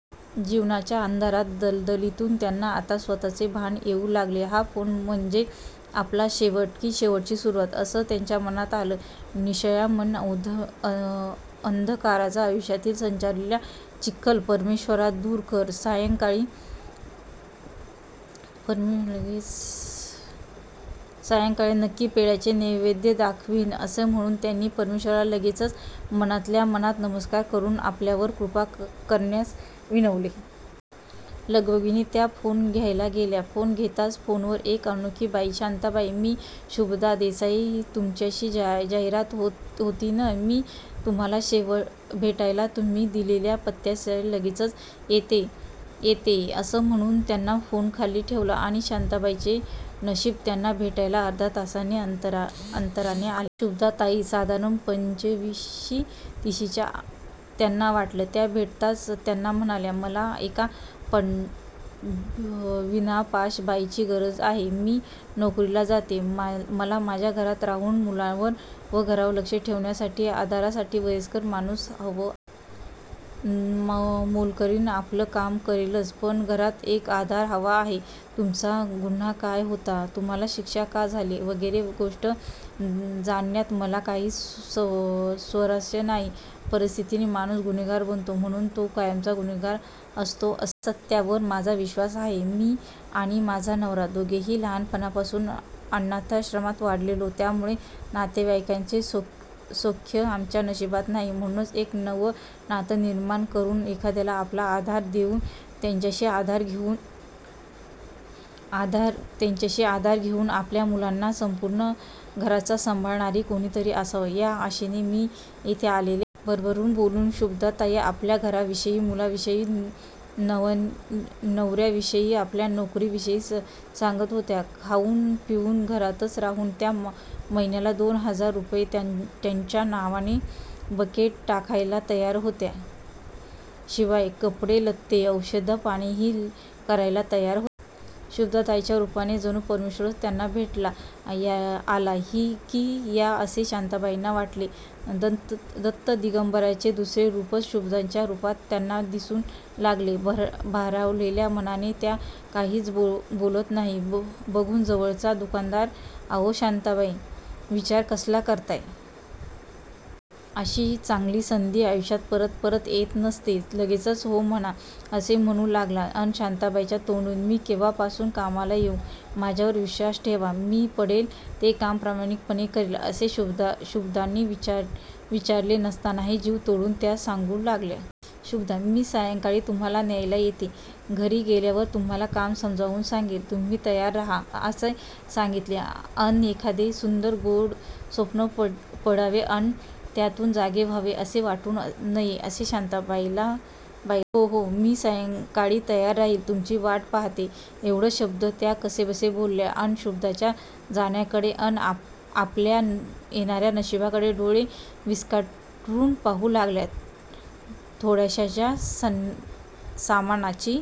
जीवनाच्या अंधा-या दलदलीतून त्यांना आता स्वतचं भान येऊ लागलं. हा फोन म्हनजे आपला शेवट की शेवटाची सुरुवात? असं त्यांच्या मनांत आलं. "निराशामय अंघकाराचा आयुष्यात साचलेला चिखल परमेश्वरा दूर कर. सायंकाळी नक्की पेढ्याचा नैवेद्य दाखावीन" असं म्हणून त्यांनी परमेश्वराला लगेचच मनातल्या मनात नमस्कार करून आपल्यावर कृपा करण्यास विनवले. लगबगीने त्या फोन घ्यायला गेल्या. फोन घेताच फोनवर एक अनोळखी बाई, "शांताबाई, मी शुभदा देसाई तुमचीच जाहिरात होती नं, मी तुम्हाला भेटायला तुम्ही दिलेल्या पत्त्यापाशी लगेचच येतेय. " असं म्हणून त्यांनी फोन खाली ठेवला आणि शांताबाईंचे नशीब त्यांना भेटायला अर्ध्या तासाच्या अंतराने आले. शुभदाताई साधारण पंचविशी / तिशीच्या त्यांना वाटल्या. त्या भेटताच त्यांना म्हणाल्या, "मला एका विनापाश बाईची गरज आहे. मी नोकरीला जाते. मला माझ्या घरातच राहून मुलांवर व घरावर लक्ष देण्यासाठी. आधारासाठी वयस्कर माणूस हवं आहे. मोलकरीण आपलं काम करेलच. पण घरात एक आधार हवा आहे. तुमचा गुन्हा काय होता? तुम्हाला शिक्षा का झाली? वगैरे गोष्टी जाणण्यात मला काहीच स्वारस्य नाही. परिस्थितीने माणूस गुन्हेगार बनतो. म्हणून तो कायमच गुन्हेगार असतो असं नाही. या सत्यावर माझा विश्वास आहे. मी आणि माझा नवरा दोघेही लहानपणापासून अनथाश्रमात वाढलेलो. त्यामुळे नातेवाईंकाचं सौख्य आमच्या नशिबी नाही. म्हणून एक नवं नातं निर्माण करून, एखाद्याला आपला आधार देऊन, त्याचाही आधार घेऊन आमच्या मुलांना, संपूर्ण घराला सांभाळणारं कोणीतरी असावं या आशेनं मी इथं आले आहे. " भरभरून बोलून शुभदाताई आपल्या घराविषयी, मुलांविषयी, नव-याविषयी, आपल्या नोकरीविषयी सांगत होत्या. खाऊन पिऊन घरातच राहून त्या महिन्याला दोन हजार रुपये त्यांच्या नावाने बकेत टाकायला तयार होत्या. शिवाय कपडेलत्ते, औषधपाणीही करायला तयार होत्या. शुभदाताईच्या रुपाने जणू परमेश्वरच त्यांना भेटायला आला की काय असे शांताबाईंना वाटले. दत्तदिगंबराचे दुसरे रुपच शुभदाच्या रुपात त्यांना दिसू लागले. भारावलेल्या मनाने त्या काहीच बोलत नाहीत बघून जवळचा दुकानदार, "अहो शांताबाई, विचार कसला करताय? अशी चांगली संधी आयुष्यात परत परत येत नसते. लगेचच हो म्हणा. " असे सांगू लागला. अन शाताबाईंच्या तोंडून "मी केव्हापासून कामाला येऊ? माझ्यावर विश्वास ठेवा, मी पडेल ते काम प्रामाणिकपणे करेन. " असे शुभदाने विचारले नसतानाही जीव तोडून त्या सांगू लागल्या. शुभदाने, "मी सायंकाळी तुम्हाला न्यायला येते, घरी गेल्यावर तुम्हाला काम समजावून सांगेन. तुम्ही तयार रहा. " असे सांगितले. अन् एखादे सुंदर, गोड स्वप्न पडावे अन त्यातून जागे व्हावे असे वाटूच नये असे शांताबाईंना झाले. "हो, हो, मी सायंकाळी तयार रहाते, तुमची वाट पहाते. " एव्हढेच शब्द त्या कसेबसे बोलल्या. अन शुभदाच्या जाण्याकडे अन आपल्या येणा-या नशिबाकडे डोळे विस्फारून पाहू लागल्या. थोड्याशाच सामानाची--